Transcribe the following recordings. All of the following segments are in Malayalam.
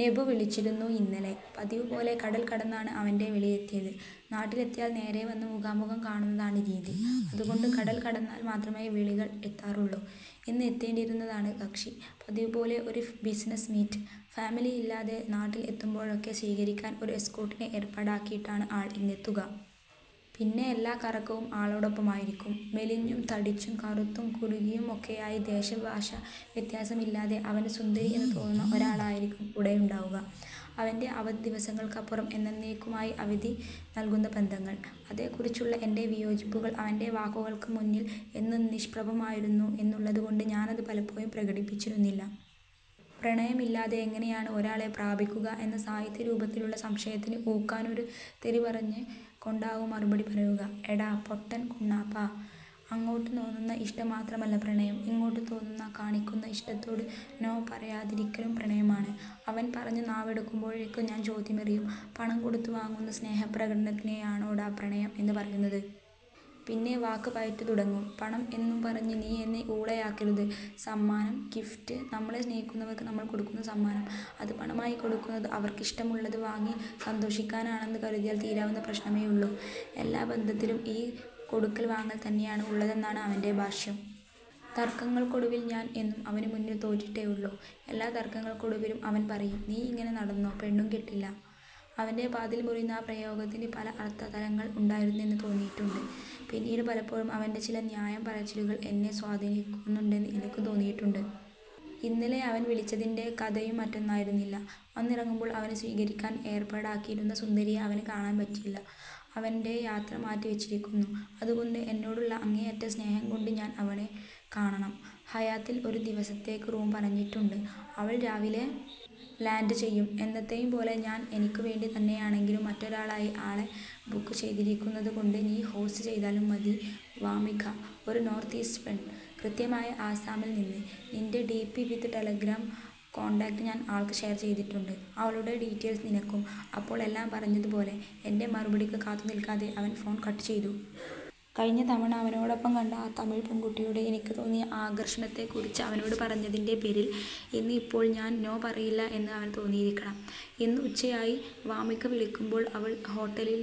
നെബു വിളിച്ചിരുന്നു ഇന്നലെ…! പതിവു പോലെ കടൽ കടന്നാണ് അവന്റെ വിളി എത്തിയത്. നാട്ടിലെത്തിയാൽ നേരേ വന്ന് മുഖാമുഖം കാണുന്നതാണ് രീതി. അതു കൊണ്ട് കടൽ കടന്നാൽ മാത്രമേ വിളികൾ എത്താറുള്ളൂ. ഇന്ന് എത്തേണ്ടിയിരുന്നതാണ് കക്ഷി. പതിവ് പൊലെ ഒരു ബിസിനസ് മീറ്റ്. ഫാമിലിയില്ലാതെ നാട്ടിൽ എത്തുമ്പോഴൊക്കെ സ്വീകരിക്കാൻ ഒരു എസ്കോർട്ടിനെ ഏർപ്പാടാക്കിയിട്ടാണ് ആൾ ഇങ്ങെത്തുക. പിന്നെ എല്ലാ കറക്കവും ആളോടൊപ്പമായിരിക്കും. മെലിഞ്ഞും തടിച്ചും കറുത്തും കുറുകിയും ഒക്കെയായി ദേശ ഭാഷാ വ്യത്യാസം ഇല്ലാതെ അവന് സുന്ദരി എന്നു തോന്നുന്ന ഒരാളായിരിക്കും കൂടെയുണ്ടാകുക. അവന്റെ അവധി ദിവസങ്ങൾക്കപ്പുറം എന്നേന്നേക്കുമായി അവധി നൽകുന്ന ബന്ധങ്ങൾ. അതേക്കുറിച്ചുള്ള എന്റെ വിയോജിപ്പുകൾ അവന്റെ വാക്കുകൾക്ക് മുന്നിൽ എന്നും നിഷ്പ്രഭമായിരുന്നു എന്നുള്ളത് കൊണ്ട് ഞാനത് പലപ്പോഴും പ്രകടിപ്പിച്ചിരുന്നില്ല. പ്രണയമില്ലാതെ എങ്ങനെയാണ് ഒരാളെ പ്രാപിക്കുക എന്ന സാഹിത്യരൂപത്തിലുള്ള സംശയത്തിന് ഊക്കനൊരു തെറി പറഞ്ഞു കൊണ്ടാവും മറുപടി പറയുക. ' എടാ പൊട്ടൻ കുണാപ്പാ, അങ്ങോട്ട് തോന്നുന്ന ഇഷ്ടം മാത്രമല്ല പ്രണയം, ഇങ്ങോട്ട് തോന്നുന്ന, കാണിക്കുന്ന ഇഷ്ടത്തോട് നോ പറയാതിരിക്കലും പ്രണയം ആണ്… ' അവൻ പറഞ്ഞ് നാവെടുക്കുമ്പോഴേക്കും ഞാൻ ചോദ്യമെറിയും, ' പണം കൊടുത്ത് വാങ്ങുന്ന സ്നേഹപ്രകടനത്തിനെയാണോടാ പ്രണയം എന്ന് പറയുന്നത്…? ' പിന്നെ വാക്പയറ്റ് തുടങ്ങും, 'പണം എന്നു പറഞ്ഞ് നീ എന്നെ ഊളയാക്കരുത്… സമ്മാനം… ഗിഫ്റ്റ്… നമ്മളെ സ്നേഹിക്കുന്നവർക്ക് നമ്മൾ കൊടുക്കുന്ന സമ്മാനം… അത് പണമായി കൊടുക്കുന്നത് അവർക്കിഷ്ടമുള്ളത് വാങ്ങി സന്തോഷിക്കാനാണെന്ന് കരുതിയാൽ തീരാവുന്ന പ്രശ്നമേ ഉള്ളൂ… ' 'എല്ലാ ബന്ധത്തിലും ഈ കൊടുക്കൽ വാങ്ങൽ തന്നെയാണ് ഉള്ളതെന്നാണ് അവന്റെ ഭാഷ്യം. തർക്കങ്ങൾക്കൊടുവിൽ ഞാൻ എന്നും അവനു മുന്നിൽ തോറ്റിട്ടേ ഉള്ളൂ… ' എല്ലാ തർക്കങ്ങൾക്കൊടുവിലും അവൻ പറയും, 'നീയിങ്ങനെ നടന്നോ…!! പെണ്ണും കെട്ടില്ല… ' അവന്റെ പാതിയിൽ മുറിയുന്ന ആ പ്രയോഗത്തിന് പല അർത്ഥ തലങ്ങൾ ഉണ്ടായിരുന്നെന്ന് തോന്നിയിട്ടുണ്ട്. പിന്നീട് പലപ്പോഴും അവന്റെ ചില ന്യായം പറച്ചിലുകൾ എന്നെയും സ്വാധീനിക്കുന്നുണ്ടെന്ന് എനിക്ക് തോന്നിയിട്ടുണ്ട്. ഇന്നലെ അവൻ വിളിച്ചതിന്റെ കഥയും മറ്റൊന്നായിരുന്നില്ല. വന്നിറങ്ങുമ്പോൾ അവനെ സ്വീകരിക്കാൻ ഏർപ്പാടാക്കിയിരിക്കുന്ന സുന്ദരിയെ അവന് കാണാൻ പറ്റില്ല. അവന്റെ യാത്ര മാറ്റി വച്ചിരിക്കുന്നു. അതു കൊണ്ട് എന്നോടുള്ള അങ്ങേയറ്റം സ്നേഹം കൊണ്ട് ഞാൻ അവളെ കാണണം. 'ഹയാത്തിൽ ഒരു ദിവസത്തേയ്ക്ക് റൂം പറഞ്ഞിട്ടുണ്ട്… അവൾ രാവിലെ ലാൻഡ് ചെയ്യും… എന്നത്തേയും പോലെ ഞാൻ എനിക്കു വേണ്ടി തന്നെയാണെങ്കിലും മറ്റൊരാളായി ആളെ ബുക്ക് ചെയ്തിരിക്കുന്നത് കൊണ്ട്, നീ ഹോസ്റ്റ് ചെയ്താലും മതി… '' വാമിഖ… ഒരു നോർത്ത് ഈസ്റ്റ്കാരി പെണ്ൺ… കൃത്യമായി ആസാമിൽ നിന്ന്… നിന്റെ ഡിപി വിത്ത് ടെലഗ്രാം കോണ്ടാക്ട് ഞാൻ ആൾക്ക് ഷെയർ ചെയ്തിട്ടുണ്ട്… അവളുടെ ഡീറ്റയിൽസ് നിനക്കും… അപ്പോൾ എല്ലാം പറഞ്ഞത് പോലെ… ' എന്റെ മറുപടിയ്ക്ക് കാത്തു നിൽക്കാതെ അവൻ ഫോൺ കട്ടു ചെയ്തു. കഴിഞ്ഞ തവണ അവനോടൊപ്പം കണ്ട ആ തമിഴ് പെൺകുട്ടിയോട് എനിക്കു തോന്നിയ ആകർഷണത്തേക്കുറിച്ച് അവനോട് പറഞ്ഞതിന്റെ പേരിൽ, ഇന്ന് ഇപ്പോൾ ഞാൻ നോ പറയില്ല എന്ന് അവനും തോന്നിയിരിക്കണം. ഇന്ന് ഉച്ചയായി വാമിഖ വിളിക്കുമ്പോൾ. അവൾ ഹോട്ടലിൽ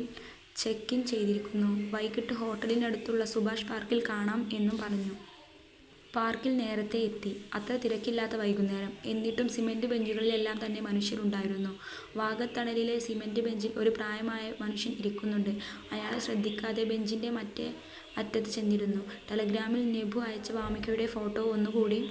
ചെക്ക് ഇൻ ചെയ്തിരിക്കുന്നു. വൈകിട്ട് ഹോട്ടലിനടുതുള്ള സുഭാഷ് പാർക്കിൽ കാണാം എന്നു പറഞ്ഞു. പർക്കിൽ നേരത്തേ എത്തി. അത്ര തിരക്കില്ലാത്ത വൈകുന്നേരം. എന്നിട്ടും സിമന്റ് ബഞ്ചുകളിലെലെല്ലാം തന്നെ മനുഷ്യരുണ്ടായിരുന്നു. വാകത്തണലിലെ സിമന്റ് ബഞ്ചിൽ ഒരു പ്രായമായ മനുഷ്യൻ ഇരിക്കുന്നുണ്ട്. അയാളെ ശ്രദ്ധിക്കാതെ ബഞ്ചിന്റെ മറ്റേ അറ്റത്ത് ചെന്നിരുന്നു. ടെലഗ്രാമിൽ നെബു അയച്ച വാമിഖയുടെ ഫോട്ടോ ഒന്നു കൂടി